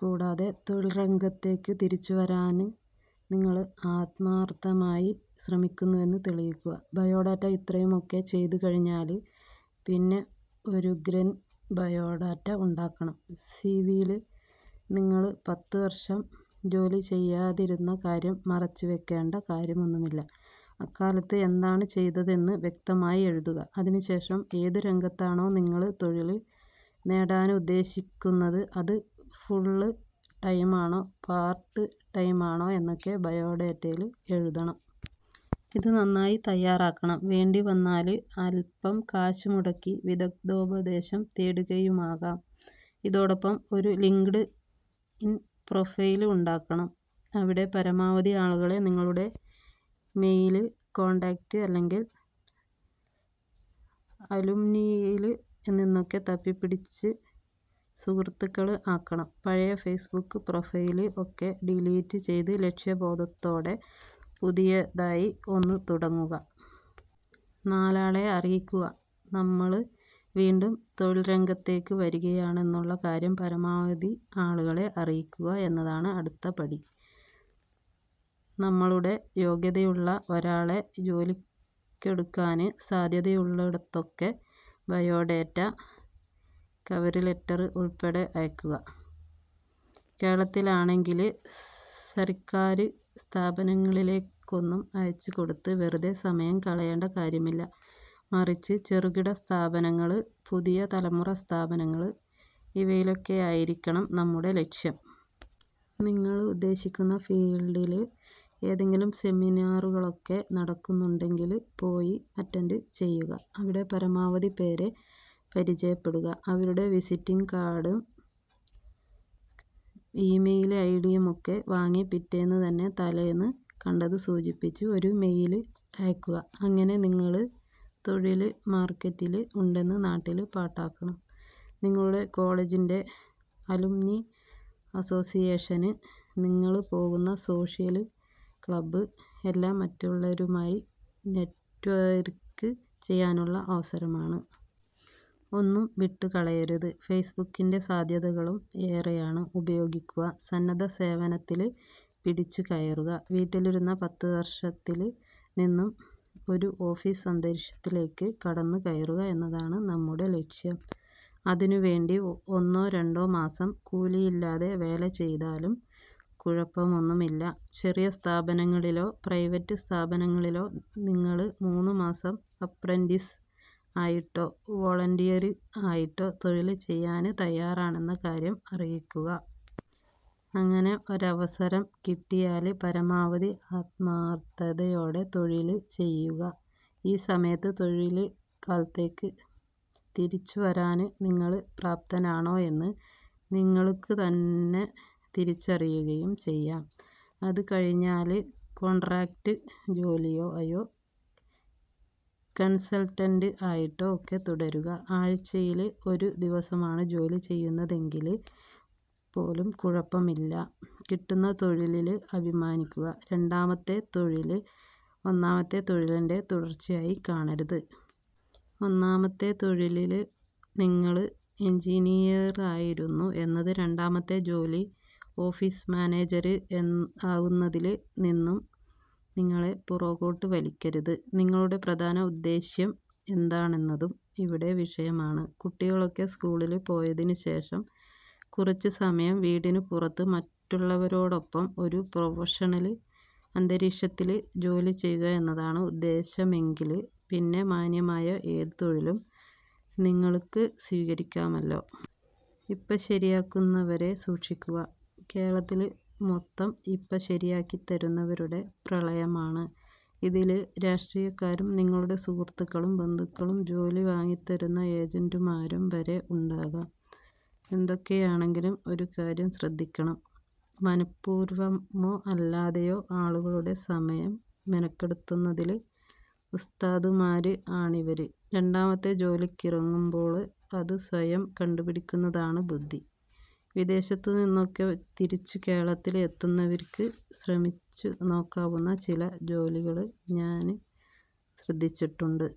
കൂടാതെ തൊഴില്രംഗത്തേക്ക് തിരിച്ചുവരാന് നിങ്ങള് ആത്മാര്ഥമായി ശ്രമിക്കുന്നുവെന്ന് തെളിയിക്കുക. ബയോഡേറ്റ ഇത്രയുമൊക്കെ ചെയ്തുകഴിഞ്ഞാല് പിന്നെ ഒരുഗ്രന് ബയോഡാറ്റ ഉണ്ടാക്കണം. സിവിയില് നിങ്ങള് പത്തുവര്ഷം ജോലി ചെയ്യാതിരുന്ന കാര്യം മറച്ചുവെക്കേണ്ട കാര്യമൊന്നുമില്ല. അക്കാലത്ത് എന്താണ് ചെയ്തതെന്ന് വ്യക്തമായി എഴുതുക. അതിനുശേഷം ഏതു രംഗത്താണോ നിങ്ങള് തൊഴില് നേടാന് ഉദ്ദേശിക്കുന്നത് അത് ഫുള് ടൈമാണോ പാര്ട്ട് ടൈമാണോ എന്നൊക്കെ ബയോഡേറ്റയില് എഴുതണം. ഇത് നന്നായി തയ്യാറാക്കണം. വേണ്ടിവന്നാല് അല്പ്പം കാശ് മുടക്കി വിദഗ്ദ്ധോപദേശം തേടുകയുമാകാം. ഇതോടൊപ്പം ഒരു ലിങ്ക്ഡ് ഇന് പ്രൊഫൈല് ഉണ്ടാക്കണം, അവിടെ പരമാവധി ആളുകളെ നിങ്ങളുടെ മെയില് കോണ്ടാക്ട് അല്ലെങ്കില് അലുംനിയില് നിന്നൊക്കെ തപ്പിപ്പിടിച്ച് സുഹൃത്തുക്കള് ആക്കണം. പഴയ ഫെയ്സ്ബുക്ക് പ്രൊഫൈല് ഒക്കെ ഡിലീറ്റ് ചെയ്ത് ലക്ഷ്യബോധത്തോടെ പുതിയതായി ഒന്ന് തുടങ്ങുക. നാലാളെ അറിയിക്കുക നമ്മള് വീണ്ടും തൊഴില്രംഗത്തേക്ക് വരികയാണെന്നുള്ള കാര്യം പരമാവധി ആളുകളെ അറിയിക്കുക എന്നതാണ് അടുത്ത പടി. നമ്മളുടെ യോഗ്യതയുള്ള ഒരാളെ ജോലിക്കെടുക്കാന് സാധ്യതയുള്ളിടത്തൊക്കെ ബയോഡേറ്റ, കവര് ലെറ്റര് ഉള്പ്പെടെ അയയ്ക്കുക. കേരളത്തിലാണെങ്കില് സര്ക്കാര് സ്ഥാപനങ്ങളിലേക്കൊന്നും അയച്ചുകൊടുത്ത് വെറുതെ സമയം കളയേണ്ട കാര്യമില്ല. മറിച്ച് ചെറുകിട സ്ഥാപനങ്ങള്, പുതിയ തലമുറ സ്ഥാപനങ്ങള് ഇവയിലൊക്കെയായിരിക്കണം നമ്മുടെ ലക്ഷ്യം. നിങ്ങള് ഉദ്ദേശിക്കുന്ന ഫീല്ഡില് എന്തെങ്കിലും സെമിനാറുകളൊക്കെ നടക്കുന്നുണ്ടെങ്കില് പോയി അറ്റന്റ് ചെയ്യുക, അവിടെ പരമാവധി പേരെ പരിചയപ്പെടുക, അവരുടെ വിസിറ്റിംഗ് കാര്ഡും ഈമെയില് ഐഡിയുമൊക്കെ വാങ്ങി പിറ്റേന്നുതന്നെ തലേന്ന് കണ്ടത് സൂചിപ്പിച്ച് ഒരു മെയില് അയക്കുക. അങ്ങനെ നിങ്ങള് തൊഴില് മാര്ക്കറ്റില് ഉണ്ടെന്ന് നാട്ടില് പാട്ടാക്കണം. നിങ്ങളുടെ കോളേജിന്റെ അലുംനി അസോസിയേഷന്, നിങ്ങള് പോകുന്ന സോഷ്യല് ക്ലബ് എല്ലാം മറ്റുള്ളവരുമായി നെറ്റ്വര്ക്ക് ചെയ്യാനുള്ള അവസരമാണ്. ഒന്നും വിട്ടുകളയരുത്. ഫെയ്സ്ബുക്കിന്റെ സാധ്യതകളും ഏറെയാണ്, ഉപയോഗിക്കുക. സന്നദ്ധസേവനത്തില് പിടിച്ചുകയറുക വീട്ടിലിരുന്ന പത്തുവര്ഷത്തില് നിന്നും ഒരു ഓഫീസ് അന്തരീക്ഷത്തിലേക്ക് കടന്നുകയറുക എന്നതാണ് നമ്മുടെ ലക്ഷ്യം. അതിനുവേണ്ടി ഒന്നോ രണ്ടോ മാസം കൂലിയില്ലാതെ വേല ചെയ്താലും കുഴപ്പമൊന്നുമില്ല. ചെറിയ സ്ഥാപനങ്ങളിലോ പ്രൈവറ്റ് സ്ഥാപനങ്ങളിലോ നിങ്ങള് മൂന്നുമാസം 'അപ്രന്റീസ്' ആയിട്ടോ 'വോളണ്ടിയര്' ആയിട്ടോ തൊഴില് ചെയ്യാന് തയ്യാറാണെന്ന കാര്യം അറിയിക്കുക. അങ്ങനെ ഒരവസരം കിട്ടിയാല് പരമാവധി ആത്മാര്ത്ഥതയോടെ തൊഴില് ചെയ്യുക. ഈ സമയത്ത് തൊഴില്ക്കാലത്തേക്ക് തിരിച്ചുവരാന് നിങ്ങള് പ്രാപ്തനാണോ എന്ന് നിങ്ങള്ക്കുതന്നെ തിരിച്ചറിയുകയും ചെയ്യാം. അത് കഴിഞ്ഞാല് കോണ്ട്രാക്ട് ജോലിയായോ കണ്സല്ട്ടന്റ് ആയിട്ടോ ഒക്കെ തുടരുക. ആഴ്ചയില് ഒരു ദിവസമാണ് ജോലി ചെയ്യുന്നതെങ്കില് പോലും കുഴപ്പമില്ല. കിട്ടുന്ന തൊഴിലില് അഭിമാനിക്കുക രണ്ടാമത്തെ തൊഴില് ഒന്നാമത്തെ തൊഴിലിന്റെ തുടര്ച്ചയായി കാണരുത്. ഒന്നാമത്തെ തൊഴിലില് നിങ്ങള് എന്ജിനീയറായിരുന്നു എന്നത് രണ്ടാമത്തെ ജോലി ഓഫീസ് മാനേജര് ആകുന്നതില് നിന്നും നിങ്ങളെ പുറകോട്ടു വലിക്കരുത്. നിങ്ങളുടെ പ്രധാന ഉദ്ദേശ്യം എന്താണെന്നതും ഇവിടെ വിഷയമാണ്. കുട്ടികളൊക്കെ സ്കൂളില് പോയതിനുശേഷം കുറച്ചുസമയം വീടിനു പുറത്ത് മറ്റുള്ളവരോടൊപ്പം ഒരു പ്രൊഫഷണല് അന്തരീക്ഷത്തില് ജോലി ചെയ്യുക എന്നതാണ് ഉദ്ദേശമെങ്കില് പിന്നെ മാന്യമായ ഏതു തൊഴിലും നിങ്ങള്ക്ക് സ്വീകരിക്കാമല്ലോ. 'ഇപ്പ ശരിയാക്കുന്ന'വരെ സൂക്ഷിക്കുക കേരളത്തില് മൊത്തം 'ഇപ്പ ശരിയാക്കിത്തരുന്ന'വരുടെ പ്രളയമാണ്. ഇതില് രാഷ്ട്രീയക്കാരും, നിങ്ങളുടെ സുഹൃത്തുക്കളും, ബന്ധുക്കളും, ജോലി വാങ്ങിത്തരുന്ന ഏജന്റുമാരും വരെ ഉണ്ടാകാം. എന്തൊക്കെയാണെങ്കിലും ഒരു കാര്യം ശ്രദ്ധിക്കണം. മനഃപൂര്വമോ അല്ലാതെയോ ആളുകളുടെ സമയം മെനക്കെടുത്തുന്നതില് ഉസ്താദുമാര് ആണിവര്. രണ്ടാമത്തെ ജോലിക്കിറങ്ങുമ്പോള് അത് സ്വയം കണ്ടുപിടിക്കുന്നതാണ് ബുദ്ധി. വിദേശത്തു നിന്നൊക്കെ തിരിച്ചു കേരളത്തില് എത്തുന്നവര്ക്ക് ശ്രമിച്ചുനോക്കാവുന്ന ചില ജോലികള് ഞാന് ശ്രദ്ധിച്ചിട്ടുണ്ട്.